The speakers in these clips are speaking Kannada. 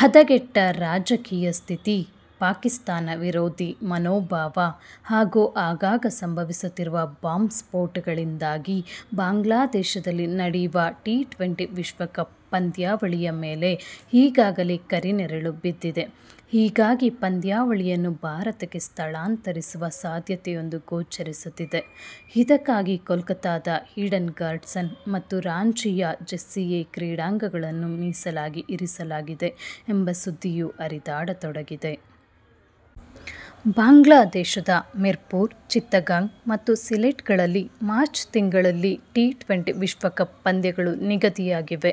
ಹದಗೆಟ್ಟ ರಾಜಕೀಯ ಸ್ಥಿತಿ, ಪಾಕಿಸ್ಥಾನ ವಿರೋಧಿ ಮನೋಭಾವ ಹಾಗೂ ಆಗಾಗ ಸಂಭವಿಸುತ್ತಿರುವ ಬಾಂಬ್ ಸ್ಫೋಟಗಳಿಂದಾಗಿ ಬಾಂಗ್ಲಾದೇಶದಲ್ಲಿ ನಡೆಯುವ ಟಿ-ಟ್ವೆಂಟಿ ವಿಶ್ವಕಪ್ ಪಂದ್ಯಾವಳಿಯ ಮೇಲೆ ಈಗಾಗಲೇ ಕರಿನೆರಳು ಬಿದ್ದಿದೆ. ಹೀಗಾಗಿ, ಪಂದ್ಯಾವಳಿಯನ್ನು ಭಾರತಕ್ಕೆ ಸ್ಥಳಾಂತರಿಸುವ ಸಾಧ್ಯತೆಯೊಂದು ಗೋಚರಿಸುತ್ತಿದೆ. ಇದಕ್ಕಾಗಿ ಕೋಲ್ಕತಾದ ಈಡನ್ ಗಾರ್ಡನ್ಸ್ ಮತ್ತು ರಾಂಚಿಯ ಜೆಎಸ್ಸಿಎ ಕ್ರೀಡಾಂಗಣಗಳನ್ನು ಮೀಸಲಾಗಿ ಇರಿಸಲಾಗಿದೆ ಎಂಬ ಸುದ್ದಿಯೂ ಹರಿದಾಡತೊಡಗಿದೆ. ಬಾಂಗ್ಲಾದೇಶದ ಮೀರ್ಪುರ್, ಚಿತ್ತಗಾಂಗ್ ಮತ್ತು ಸಿಲೆಟ್‌ಗಳಲ್ಲಿ ಮಾರ್ಚ್ ತಿಂಗಳಲ್ಲಿ ಟಿ-ಟ್ವೆಂಟಿ ವಿಶ್ವಕಪ್ ಪಂದ್ಯಗಳು ನಿಗದಿಯಾಗಿವೆ.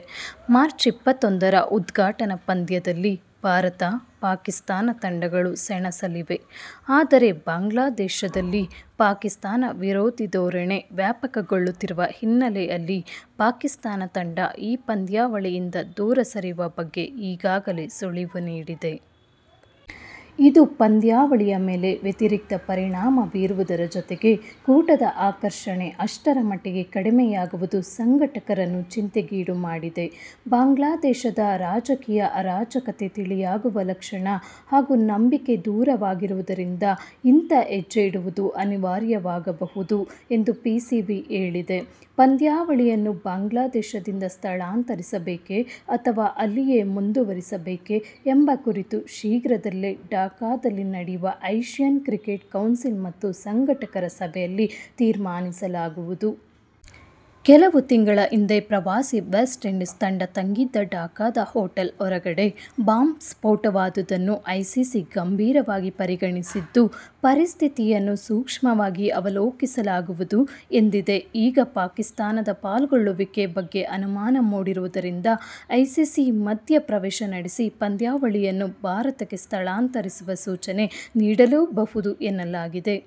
ಮಾರ್ಚ್ ಇಪ್ಪತ್ತೊಂದರ ಉದ್ಘಾಟನಾ ಪಂದ್ಯದಲ್ಲಿ ಭಾರತ-ಪಾಕಿಸ್ಥಾನ ತಂಡಗಳು ಸೆಣಸಲಿವೆ. ಆದರೆ, ಬಾಂಗ್ಲಾದೇಶದಲ್ಲಿ ಪಾಕಿಸ್ಥಾನ ವಿರೋಧಿ ಧೋರಣೆ ವ್ಯಾಪಕಗೊಳ್ಳುತ್ತಿರುವ ಹಿನ್ನೆಲೆಯಲ್ಲಿ ಪಾಕಿಸ್ಥಾನ ತಂಡ ಈ ಪಂದ್ಯಾವಳಿಯಿಂದ ದೂರ ಸರಿಯುವ ಬಗ್ಗೆ ಈಗಾಗಲೇ ಸುಳಿವು ನೀಡಿದೆ. ಇದು ಪಂದ್ಯಾವಳಿಯ ಮೇಲೆ ವ್ಯತಿರಿಕ್ತ ಪರಿಣಾಮ ಬೀರುವುದರ ಜತೆಗೆ ಕೂಟದ ಆಕರ್ಷಣೆ ಅಷ್ಟರ ಮಟ್ಟಿಗೆ ಕಡಿಮೆಯಾಗುವುದು ಸಂಘಟಕರನ್ನು ಚಿಂತೆಗೀಡುಮಾಡಿದೆ. ಬಾಂಗ್ಲಾದೇಶದ ರಾಜಕೀಯ ಅರಾಜಕತೆ ತಿಳಿಯಾಗುವ ಲಕ್ಷಣ ಹಾಗೂ ನಂಬಿಕೆ ದೂರವಾಗಿರುವುದರಿಂದ ಇಂಥ ಹೆಜ್ಜೆ ಇಡುವುದು ಅನಿವಾರ್ಯವಾಗಬಹುದು ಎಂದು ಪಿಸಿಬಿ ಹೇಳಿದೆ. ಪಂದ್ಯಾವಳಿಯನ್ನು ಬಾಂಗ್ಲಾದೇಶದಿಂದ ಸ್ಥಳಾಂತರಿಸಬೇಕೇ ಅಥವಾ ಅಲ್ಲಿಯೇ ಮುಂದುವರಿಸಬೇಕೇ ಎಂಬ ಕುರಿತು ಶೀಘ್ರದಲ್ಲೇ ಢಾಕಾದಲ್ಲಿ ನಡೆಯುವ ಏಶ್ಯನ್ ಕ್ರಿಕೆಟ್ ಕೌನ್ಸಿಲ್ ಮತ್ತು ಸಂಘಟಕರ ಸಭೆಯಲ್ಲಿ ತೀರ್ಮಾನಿಸಲಾಗುವುದು. ಕೆಲವು ತಿಂಗಳ ಹಿಂದೆ ಪ್ರವಾಸಿ ವೆಸ್ಟ್ ಇಂಡೀಸ್ ತಂಡ ತಂಗಿದ್ದ ಢಾಕಾದ ಹೊಟೇಲ್ ಹೊರಗಡೆ ಬಾಂಬ್ ಸ್ಫೋಟವಾದುದನ್ನು ಐಸಿಸಿ ಗಂಭೀರವಾಗಿ ಪರಿಗಣಿಸಿದ್ದು, ಪರಿಸ್ಥಿತಿಯನ್ನು ಸೂಕ್ಷ್ಮವಾಗಿ ಅವಲೋಕಿಸಲಾಗುವುದು ಎಂದಿದೆ. ಈಗ ಪಾಕಿಸ್ಥಾನದ ಪಾಲ್ಗೊಳ್ಳುವಿಕೆ ಬಗ್ಗೆ ಅನುಮಾನ ಮೂಡಿರುವುದರಿಂದ ಐಸಿಸಿ ಮಧ್ಯಪ್ರವೇಶ ನಡೆಸಿ ಪಂದ್ಯಾವಳಿಯನ್ನು ಭಾರತಕ್ಕೆ ಸ್ಥಳಾಂತರಿಸುವ ಸೂಚನೆ ನೀಡಲೂಬಹುದು ಎನ್ನಲಾಗಿದೆ.